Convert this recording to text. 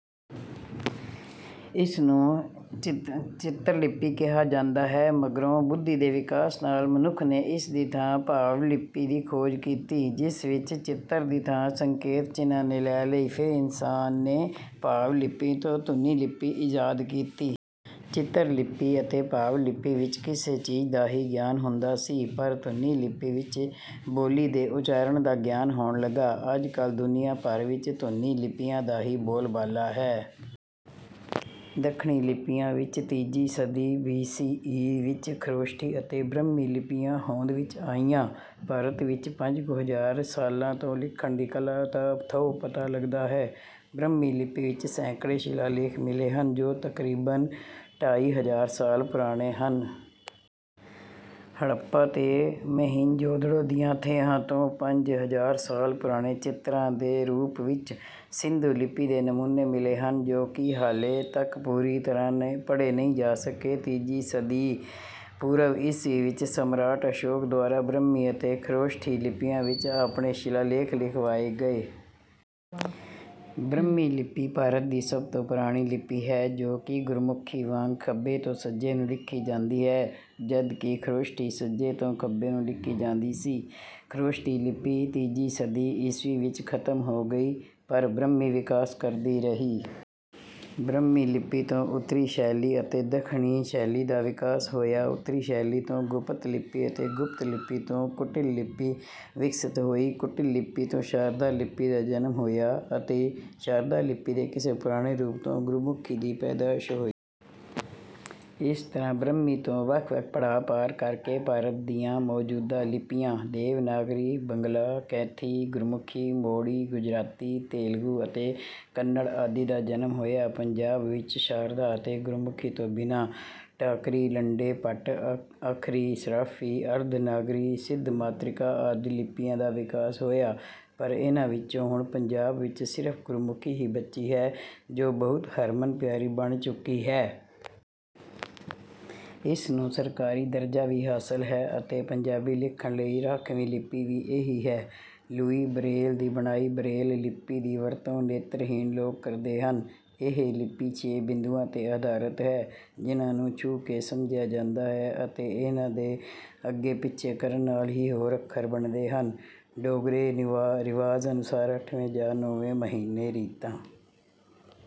ਇਸਨੂੰ 'ਚਿਤਰ ਲਿਪੀ' ਕਿਹਾ ਜਾਂਦਾ ਹੈ। ਮਗਰੋਂ ਬੁੱਧੀ ਦੇ ਵਿਕਾਸ ਨਾਲ਼ ਮਨੁੱਖ ਨੇ ਇਸ ਦੀ ਥਾਂ 'ਭਾਵ ਲਿਪੀ' ਦੀ ਖੋਜ ਕੀਤੀ, ਜਿਸ ਵਿੱਚ ਚਿਤਰ ਦੀ ਥਾਂ ਸੰਕੇਤ-ਚਿੰਨ੍ਹਾਂ ਨੇ ਲੈ ਲਈ। ਫਿਰ ਇਨਸਾਨ ਨੇ 'ਭਾਵ ਲਿਪੀ' ਤੋਂ 'ਧੁਨੀ ਲਿਪੀ' ਈਜਾਦ ਕੀਤੀ। 'ਚਿਤਰ ਲਿਪੀ' ਅਤੇ 'ਭਾਵ ਲਿਪੀ' ਵਿੱਚ ਕਿਸੇ ਚੀਜ਼ ਦਾ ਹੀ ਗਿਆਨ ਹੁੰਦਾ ਸੀ, ਪਰ 'ਧੁਨੀ ਲਿਪੀ' ਵਿੱਚ ਬੋਲੀ ਦੇ ਉਚਾਰਣ ਦਾ ਗਿਆਨ ਹੋਣ ਲੱਗਾ। ਅੱਜ-ਕੱਲ੍ਹ ਦੁਨੀਆਂ ਭਰ ਵਿੱਚ 'ਧੁਨੀ' ਲਿਪੀਆਂ ਦਾ ਹੀ ਬੋਲਬਾਲਾ ਹੈ। ਦੱਖਣੀ ਲਿਪੀਆਂ ਵਿੱਚ ਤੀਜੀ ਸਦੀ ਬੀ. ਸੀ. ਈ. ਵਿੱਚ ਖ਼ਰੋਸ਼ਠੀ ਅਤੇ ਬ੍ਰਹਮੀ ਲਿਪੀਆਂ ਹੋਂਦ ਵਿੱਚ ਆਈਆਂ। ਭਾਰਤ ਵਿੱਚ ਪੰਜ ਕੁ ਹਜ਼ਾਰ ਸਾਲਾਂ ਤੋਂ ਲਿਖਣ ਦੀ ਕਲਾ ਦਾ ਥਹੁ-ਪਤਾ ਲੱਗਦਾ ਹੈ। ਬ੍ਰਹਮੀ ਲਿਪੀ ਵਿੱਚ ਸੈਂਕੜੇ ਸ਼ਿਲਾਲੇਖ ਮਿਲੇ ਹਨ, ਜੋ ਤਕਰੀਬਨ ਢਾਈ ਹਜ਼ਾਰ ਸਾਲ ਪੁਰਾਣੇ ਹਨ। ਹੜੱਪਾ ਤੇ ਮੋਹਿੰਜੋਦੜੋ ਦੀਆਂ ਥੇਹਾਂ ਤੋਂ ਪੰਜ ਹਜ਼ਾਰ ਸਾਲ ਪੁਰਾਣੇ ਚਿਤਰਾਂ ਦੇ ਰੂਪ ਵਿੱਚ ਸਿੰਧੂ ਲਿਪੀ ਦੇ ਨਮੂਨੇ ਮਿਲੇ ਹਨ, ਜੋ ਕਿ ਹਾਲੇ ਤੱਕ ਪੂਰੀ ਤਰ੍ਹਾਂ ਪੜ੍ਹੇ ਨਹੀਂ ਜਾ ਸਕੇ। ਤੀਜੀ ਸਦੀ ਪੂਰਵ-ਈਸਵੀ ਵਿੱਚ ਸਮਰਾਟ ਅਸ਼ੋਕ ਦੁਆਰਾ ਬ੍ਰਹਮੀ ਅਤੇ ਖ਼ਰੋਸ਼ਠੀ ਲਿਪੀਆਂ ਵਿੱਚ ਆਪਣੇ ਸ਼ਿਲਾਲੇਖ ਲਿਖਵਾਏ ਗਏ। ਬ੍ਰਹਮੀ ਲਿਪੀ ਭਾਰਤ ਦੀ ਸਭ ਤੋਂ ਪੁਰਾਣੀ ਲਿਪੀ ਹੈ, ਜੋ ਕਿ ਗੁਰਮੁਖੀ ਵਾਂਗ ਖੱਬੇ ਤੋਂ ਸੱਜੇ ਨੂੰ ਲਿਖੀ ਜਾਂਦੀ ਹੈ, ਜਦਕਿ ਖ਼ਰੋਸ਼ਠੀ ਸੱਜੇ ਤੋਂ ਖੱਬੇ ਨੂੰ ਲਿਖੀ ਜਾਂਦੀ ਸੀ। ਖ਼ਰੋਸ਼ਠੀ ਲਿਪੀ ਤੀਜੀ ਸਦੀ ਈਸਵੀ ਵਿੱਚ ਖ਼ਤਮ ਹੋ ਗਈ, ਪਰ ਬ੍ਰਹਮੀ ਵਿਕਾਸ ਕਰਦੀ ਰਹੀ। ਬ੍ਰਹਮੀ ਲਿਪੀ ਤੋਂ ਉੱਤਰੀ ਸ਼ੈਲੀ ਅਤੇ ਦੱਖਣੀ ਸ਼ੈਲੀ ਦਾ ਵਿਕਾਸ ਹੋਇਆ। ਉੱਤਰੀ ਸ਼ੈਲੀ ਤੋਂ ਗੁਪਤ ਲਿਪੀ ਅਤੇ ਗੁਪਤ ਲਿਪੀ ਤੋਂ ਕੁਟਿਲ ਲਿਪੀ ਵਿਕਸਿਤ ਹੋਈ। ਕੁਟਿਲ ਲਿਪੀ ਤੋਂ ਸ਼ਾਰਦਾ ਲਿਪੀ ਦਾ ਜਨਮ ਹੋਇਆ ਅਤੇ ਸ਼ਾਰਦਾ ਲਿਪੀ ਦੇ ਕਿਸੇ ਪੁਰਾਣੇ ਰੂਪ ਤੋਂ ਗੁਰਮੁਖੀ ਦੀ ਪੈਦਾਇਸ਼ ਹੋਈ। ਇਸ ਤਰ੍ਹਾਂ ਬ੍ਰਹਮੀ ਤੋਂ ਵੱਖ-ਵੱਖ ਪੜਾਅ ਪਾਰ ਕਰ ਕੇ ਭਾਰਤ ਦੀਆਂ ਮੌਜੂਦਾ ਲਿਪੀਆਂ- ਦੇਵਨਾਗਰੀ, ਬੰਗਲਾ, ਕੈਥੀ, ਗੁਰਮੁਖੀ, ਮੋੜੀ, ਗੁਜਰਾਤੀ, ਤੇਲਗੂ ਅਤੇ ਕੰਨੜ ਆਦਿ ਦਾ ਜਨਮ ਹੋਇਆ। ਪੰਜਾਬ ਵਿੱਚ ਸ਼ਾਰਦਾ ਅਤੇ ਗੁਰਮੁਖੀ ਤੋਂ ਬਿਨਾਂ ਟਾਕਰੀ, ਲੰਡੇ, ਭੱਟ ਅੱਖਰੀ, ਸਰਾਫ਼ੀ, ਅਰਧ-ਨਾਗਰੀ, ਸਿੱਧ-ਮਾਤ੍ਰਿਕਾ ਆਦਿ ਲਿਪੀਆਂ ਦਾ ਵਿਕਾਸ ਹੋਇਆ ਪਰ ਇਹਨਾਂ ਵਿੱਚੋਂ ਹੁਣ ਪੰਜਾਬ ਵਿੱਚ ਸਿਰਫ਼ ਗੁਰਮੁਖੀ ਹੀ ਬਚੀ ਹੈ, ਜੋ ਬਹੁਤ ਹਰਮਨ-ਪਿਆਰੀ ਬਣ ਚੁੱਕੀ ਹੈ। ਇਸ ਨੂੰ ਸਰਕਾਰੀ ਦਰਜਾ ਵੀ ਹਾਸਲ ਹੈ ਅਤੇ ਪੰਜਾਬੀ ਲਿਖਣ ਲਈ ਰਾਖਵੀਂ ਲਿਪੀ ਵੀ ਇਹੀ ਹੈ। ਲੂਈ ਬਰੇਲ ਦੀ ਬਣਾਈ ਬਰੇਲ ਲਿਪੀ ਦੀ ਵਰਤੋਂ ਨੇਤਰਹੀਣ ਲੋਕ ਕਰਦੇ ਹਨ। ਇਹ ਲਿਪੀ ਛੇ ਬਿੰਦੂਆਂ 'ਤੇ ਅਧਾਰਤ ਹੈ ਜਿਨ੍ਹਾਂ ਨੂੰ ਛੂਹ ਕੇ ਸਮਝਿਆ ਜਾਂਦਾ ਹੈ ਅਤੇ ਇਹਨਾਂ ਦੇ ਅੱਗੇ-ਪਿੱਛੇ ਕਰਨ ਨਾਲ਼ ਹੀ ਹੋਰ ਅੱਖਰ ਬਣਦੇ ਹਨ। ਡੋਗਰੇ ਰਿਵਾਜ਼ ਅਨੁਸਾਰ ਅੱਠਵੇਂ ਜਾਂ ਨੌਵੇਂ ਮਹੀਨੇ ਰੀਤਾਂ